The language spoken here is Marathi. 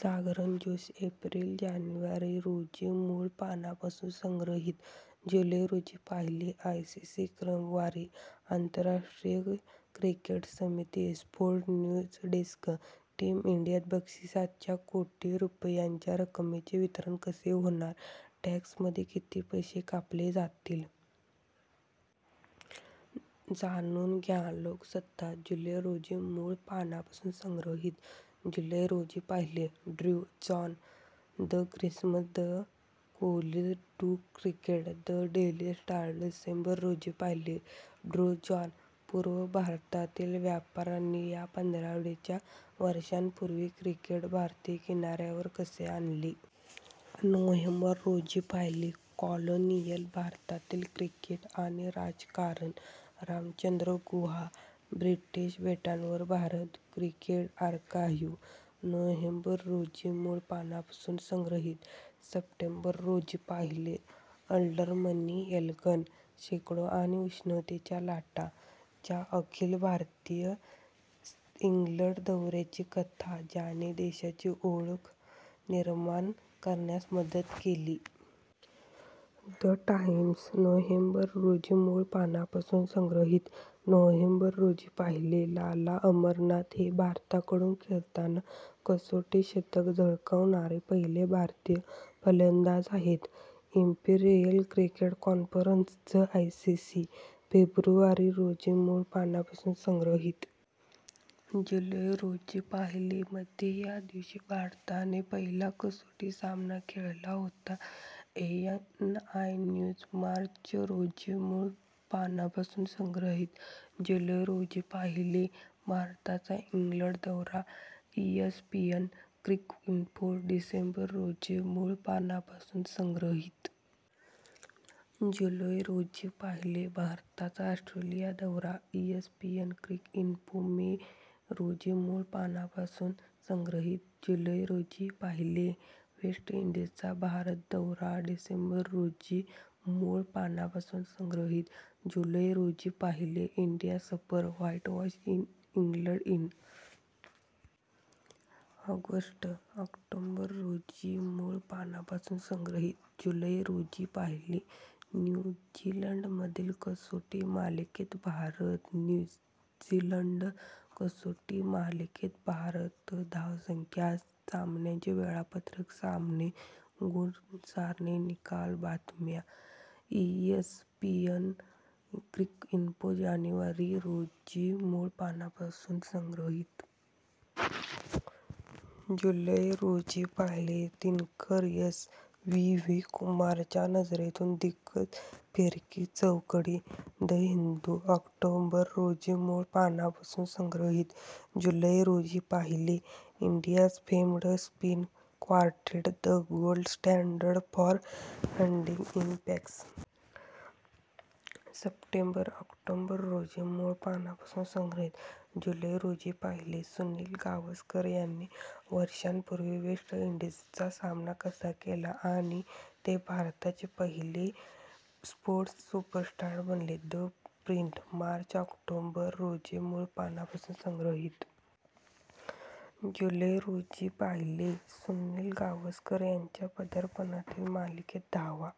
जागरण जोश. एप्रिल. जानेवारी रोजी मूळ पानापासून संग्रहित. जुलै रोजी पाहिले. ^ "आयसीसी क्रमवारी". आंतरराष्ट्रीय क्रिकेट समिती. ^ स्पोर्ट्स न्यूज डेस्क. "टीम इंडियात बक्षिसाच्या कोटी रुपयांच्या रकमेचे वितरण कसे होणार? टॅक्समध्ये किती पैसे कापले जातील? जाणून घ्या". लोकसत्ता. जुलै रोजी मूळ पानापासून संग्रहित. जुलै रोजी पाहिले. ^ Drew, John. "The Christmas the collies took cricket". The Daily Star. डिसेंबर रोजी पाहिले. ^ ड्रू, जॉन. "पूर्व भारतातील व्यापाऱ्यांनी या पंधरवड्याच्या वर्षांपूर्वी क्रिकेट भारतीय किनाऱ्यावर कसे आणले"... नोव्हेंबर रोजी पाहिले. ^ "कॉलोनीयल भारतातील क्रिकेट आणि राजकारण". रामचंद्र गुहा... ^ "ब्रिटिश बेटांवर भारत, ". Cricket archive. नोव्हेंबर रोजी मूळ पानापासून संग्रहित. सप्टेंबर रोजी पाहिले. ^ अल्डरमन, एल्गन. "शेकडो आणि उष्णतेच्या लाटा: च्या अखिल भारतीय इंग्लंड दौऱ्याची कथा ज्याने देशाची ओळख निर्माण करण्यास मदत केली". द टाइम्स.. नोव्हेंबर रोजी मूळ पानापासून संग्रहित. नोव्हेंबर रोजी पाहिले. ^ लाला अमरनाथ हे भारताकडून खेळताना कसोटी शतक झळकावणारे पहिले भारतीय फलंदाज आहेत. ^" इम्पीरियल क्रिकेट कॉन्फरन्सच". आयसीसी. फेब्रुवारी रोजी मूळ पानापासून संग्रहित. जुलै रोजी पाहिले. ^" मध्ये या दिवशी भारताने पहिला कसोटी सामना खेळला होता". ANI news. मार्च रोजी मूळ पानापासून संग्रहित. जुलै रोजी पाहिले. ^ "भारताचा इंग्लंड दौरा, ". ESPN Cricinfo. डिसेंबर रोजी मूळ पानापासून संग्रहित. जुलै रोजी पाहिले. ^ "भारताचा ऑस्ट्रेलिया दौरा, ". ESPN Cricinfo. मे रोजी मूळ पानापासून संग्रहित. जुलै रोजी पाहिले. ^ "वेस्टइंडीजचा भारत दौरा". डिसेंबर रोजी मूळ पानापासून संग्रहित. जुलै रोजी पाहिले. ^ "India suffer - whitewash in England in ". ऑगस्ट. ऑक्टोबर रोजी मूळ पानापासून संग्रहित. जुलै रोजी पाहिले. ^ "न्यू झीलंडमधील कसोटी मालिकेत भारत, न्यू झीलंड कसोटी मालिकेत भारत / धावसंख्या, सामन्यांचे वेळापत्रक, सामने, गुण सारणी, निकाल, बातम्या". ESPN Cricinfo. जानेवारी रोजी मूळ पानापासून संग्रहित. जुलै रोजी पाहिले. ^ दिनकर, एस.. "व्ही. व्ही. कुमारच्या नजरेतून दिग्गज फिरकी चौकडी". द हिंदू. ऑक्टोबर रोजी मूळ पानापासून संग्रहित. जुलै रोजी पाहिले. ^ "India's famed spin quartet the gold standard for hunting in packs". सप्टेंबर. ऑक्टोबर रोजी मूळ पानापासून संग्रहित. जुलै रोजी पाहिले. ^ "सुनील गावस्कर यांनी वर्षांपूर्वी वेस्ट इंडीजचा सामना कसा केला आणि ते भारताचे पहिले स्पोर्ट्स सुपरस्टार बनले". The Print. मार्च. ऑक्टोबर रोजी मूळ पानापासून संग्रहित. जुलै रोजी पाहिले. ^ "सुनील गावस्कर यांच्या पदार्पणातील मालिकेत धावा".